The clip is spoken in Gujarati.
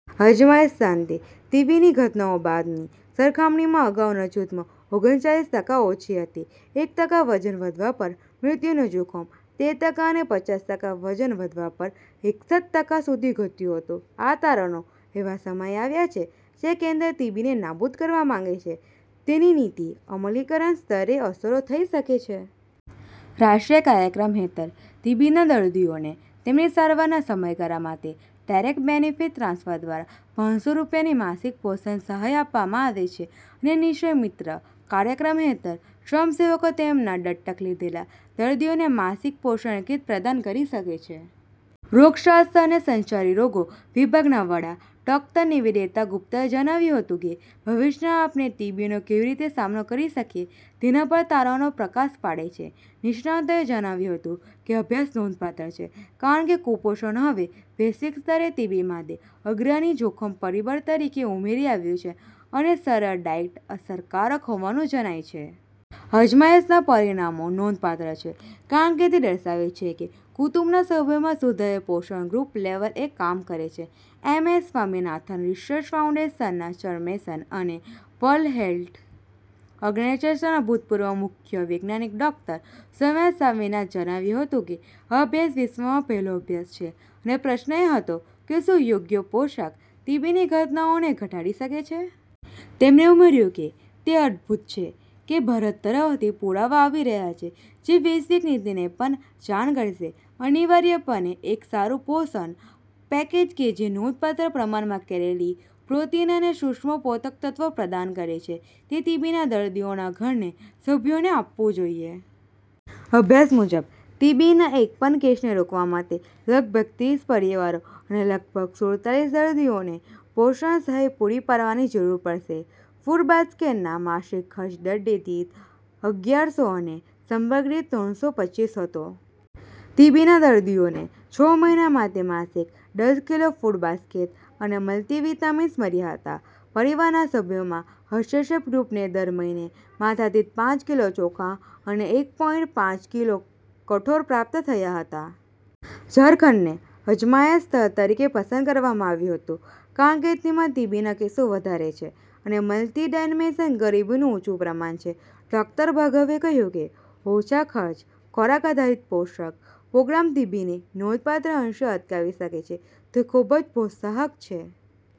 અજમાયશના અંતે, ટીબીની ઘટનાઓ બાદ સરખામણીમાં અગાઉના જૂથમાં ઓગણચાલીસ ટકા ઓછી હતી. એક ટકા વજન વધવા પર મૃત્યુનું જોખમ તેર ટકા અને પચાસ ટકા વજન વધવા પર એકસઠ ટકા સુધી ઘટ્યું હતું. આ તારણો, એવા સમયે આવ્યા છે જ્યારે કેન્દ્ર ટીબીને નાબૂદ કરવા માંગે છે, તેની નીતિ અમલીકરણ સ્તરે અસરો થઈ શકે છે. રાષ્ટ્રીય કાર્યક્રમ હેઠળ, ટીબીના દર્દીઓને તેમની સારવારના સમયગાળા માટે ડાયરેક્ટ બેનિફિટ ટ્રાન્સફર દ્વારા પાંચસો રૂપિયાની માસિક પોષણ સહાય આપવામાં આવે છે અને નિ-ક્ષય મિત્ર કાર્યક્રમ હેઠળ, સ્વયંસેવકો તેમના "દત્તક લીધેલા" દર્દીઓને માસિક પોષણ કીટ પ્રદાન કરી શકે છે. રોગશાસ્ત્ર અને સંચારી રોગો વિભાગના વડા, ડોક્ટર નિવેદિતા ગુપ્તાએ જણાવ્યું હતું કે, "ભવિષ્યમાં આપણે ટીબીનો કેવી રીતે સામનો કરી શકીએ તેના પર તારણો પ્રકાશ પાડે છે. નિષ્ણાતોએ જણાવ્યું હતું કે અભ્યાસ નોંધપાત્ર છે કારણ કે કુપોષણ હવે વૈશ્વિક સ્તરે ટીબી માટે અગ્રણી જોખમ પરિબળ તરીકે ઉભરી આવ્યું છે અને સરળ ડાયટ અસરકારક હોવાનું જણાયું છે. "અજમાયશના પરિણામો નોંધપાત્ર છે કારણ કે તે દર્શાવે છે કે કુટુંબના સભ્યોમાં સુધારેલ પોષણ ગ્રુપ લેવલ એ કામ કરે છે." એમએસ સ્વામીનાથન રિસર્ચ ફાઉન્ડેશનના ચેરપર્સન અને વર્લ્ડ હેલ્થ ઓર્ગેનાઈઝેશનના ભૂતપૂર્વ મુખ્ય વૈજ્ઞાનિક ડોક્ટર સૌમ્યા સ્વામીનાથને જણાવ્યું હતું કે, " આ અભ્યાસ વિશ્વમાં પહેલો અભ્યાસ છે અને પ્રશ્ન એ હતો કે શું યોગ્ય પોષક ટીબીની ઘટનાઓને ઘટાડી શકે છે. " તેમણે ઉમેર્યું કે, "તે અદ્ભુત છે કે ભારત તરફથી પુરાવા આવી રહ્યા છે જે વૈશ્વિક નીતિને પણ જાણ કરશે. અનિવાર્યપણે, એક સારું પોષણ પેકેજ કે જે નોંધપાત્ર પ્રમાણમાં કેલરી, પ્રોટીન અને સૂક્ષ્મ પોષકતત્ત્વો પ્રદાન કરે છે તે ટીબીના દર્દીઓના ઘરના સભ્યોને આપવું જોઈએ. અભ્યાસ મુજબ, ટીબીના એક પણ કેસને રોકવા માટે, લગભગ ત્રીસ પરિવારો અને લગભગ સુડતાલીસ દર્દીઓને પોષણ સહાય પૂરી પાડવાની જરૂર પડશે. ફૂડ બાસ્કેટનો માસિક ખર્ચ દર્દી દીઠ અગયારસો અને સંપર્ક દીઠ ત્રણસો પચીસ હતો. ટીબીના દર્દીઓને છ મહિના માટે માસિક દસ કિલો ફૂડ બાસ્કેટ અને મલ્ટીવિટામિન્સ મળ્યા હતા. પરિવારના સભ્યોમાં, હસ્તક્ષેપ ગ્રુપને દર મહિને માથાદીઠ પાંચ કિલો ચોખા અને એક પોઈંટ પાંચ કિલો કઠોળ પ્રાપ્ત થયા હતા. ઝારખંડને અજમાયશ સ્થળ તરીકે પસંદ કરવામાં આવ્યું હતું કારણ કે તેમાં ટીબીના કેસો વધારે છે અને મલ્ટી ડાયમેંશનલ ગરીબીનું ઊંચું પ્રમાણ છે. ડોક્ટર ભાર્ગવે કહ્યું કે, "ઓછા ખર્ચે ખોરાક-આધારિત પોષક પ્રોગ્રામ ટીબીને નોંધપાત્ર અંશે અટકાવી શકે છે તે ખૂબ જ પ્રોત્સાહક છે.